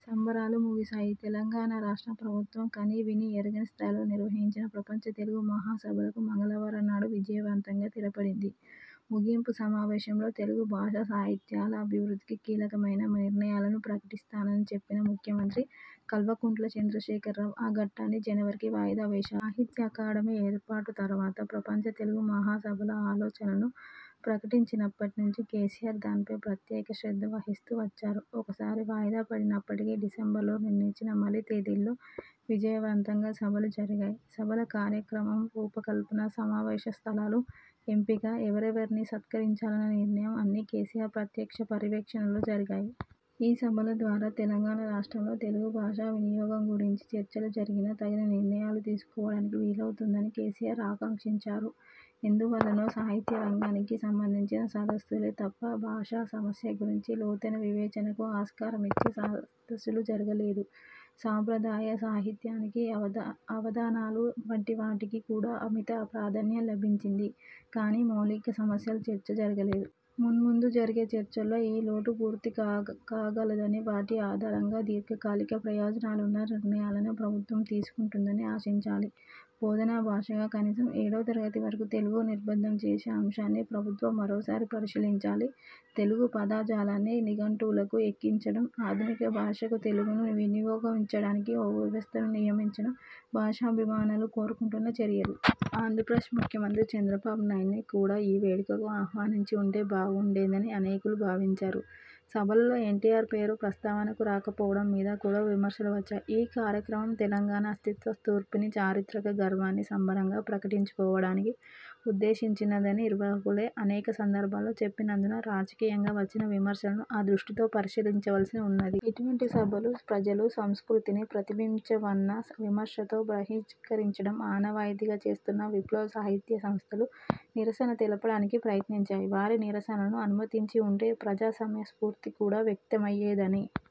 సంబరాలు ముగిసాయి. తెలంగాణ రాష్ట్ర ప్రభుత్వం కనీ వినీ ఎరుగని స్థాయిలో నిర్వహించిన ప్రపంచ తెలుగు మహాసభలకు మంగళవారం నాడు విజయవంతంగా తెరపడింది. ముగింపు సమావేశంలో తెలుగు భాషా సాహిత్యాల అభివృద్ధికి కీలకమయిన నిర్ణయాలను ప్రకటిస్తానని చెప్పిన ముఖ్యమంత్రి కల్వకుంట్ల చంద్రశేఖరరావు, ఆ ఘట్టాన్ని జనవరికి వాయిదా వేశా. సాహిత్య అకాడమీ ఏర్పాటు తరువాత, ప్రపంచ తెలుగు మహాసభల ఆలోచనను ప్రకటించినప్పటి నుంచి కేసీఆర్ దానిపై ప్రత్యేక శ్రద్ధ వహిస్తూ వచ్చారు. ఒకసారి వాయిదా పడినప్పటికీ, డిసెంబర్లో నిర్ణయించిన మలి తేదీలలో విజయవంతంగా సభలు జరిగాయి. సభల కార్యక్రమ రూప కల్పన, సమావేశ స్థలాల ఎంపిక, ఎవరెవరిని సత్కరించాలన్న నిర్ణయం అన్నీ కేసీఆర్ ప్రత్యక్ష పర్యవేక్షణలో జరిగాయి. ఈ సభల ద్వారా తెలంగాణ రాష్ట్రంలో తెలుగు భాష వినియోగం గురించిన చర్చలు జరిగి, తగిన నిర్ణయాలు తీసుకోవడానికి వీలవుతుందని కేసీఆర్ ఆకాంక్షించారు. ఎందువల్లనో, సాహిత్యరంగానికి సంబంధించిన సదస్సులే తప్ప, భాషా సమస్య గురించి లోతైన వివేచనకు ఆస్కారమిచ్చే సదస్సులు జరగలేదు. సంప్రదాయ సాహిత్యానికి, అవధానాల వంటి వాటికి కూడా అమిత ప్రాధాన్యం లభించింది కానీ, మౌలిక సమస్యల చర్చ జరగలేదు. మున్ముందు జరిగే చర్చల్లో ఈ లోటు పూర్తి కాగలదని, వాటి ఆధారంగా దీర్ఘకాలిక ప్రయోజనాలున్న నిర్ణయాలను ప్రభుత్వం తీసుకుంటుందని ఆశించాలి. బోధనా భాషగా కనీసం ఏడో తరగతి వరకు తెలుగును నిర్బంధం చేసే అంశాన్ని ప్రభుత్వం మరోసారి పరిశీలించాలి. తెలంగాణ పదజాలాన్ని నిఘంటువులకు ఎక్కించడం, ఆధునిక భాషగా తెలుగును వినియోగించుకోవడానికి ఒక వ్యవస్థను నియమించడం, భాషాభిమానులు కోరుకుంటున్న చర్యలు. ఆంధ్రప్రదేశ్ ముఖ్యమంత్రి చంద్రబాబు నాయుడుని కూడా ఈ వేడుకకు ఆహ్వానించి ఉంటే బాగుండేదని అనేకులు భావించారు. సభలలో ఎన్టీఆర్ పేరు ప్రస్తావనకు రాకపోవడం మీద కూడా విమర్శలు వచ్చాయి. ఈ కార్యక్రమం తెలంగాణ అస్తిత్వ స్ఫూర్తిని, చారిత్రక గర్వాన్ని సంబరంగా ప్రకటించుకోవడానికి ఉద్దేశించినదని నిర్వాహకులే అనేక సందర్భాలలో చెప్పినందున, రాజకీయంగా వచ్చిన విమర్శలను ఆ దృష్టితో పరిశీలించవలసిన ఉన్నది. ఇటువంటి సభలు ప్రజల సంస్కృతిని ప్రతిబింబించవన్న విమర్శతో బహిష్కరించడం ఆనవాయితీగా చేస్తున్న విప్లవ సాహిత్యసంస్థలు నిరసన తెలపడానికి ప్రయత్నించాయి. వారి నిరసనలను అనుమతించి ఉంటే ప్రజాస్వామ్య స్ఫూర్తి కూడా వ్యక్తమయ్యేదని,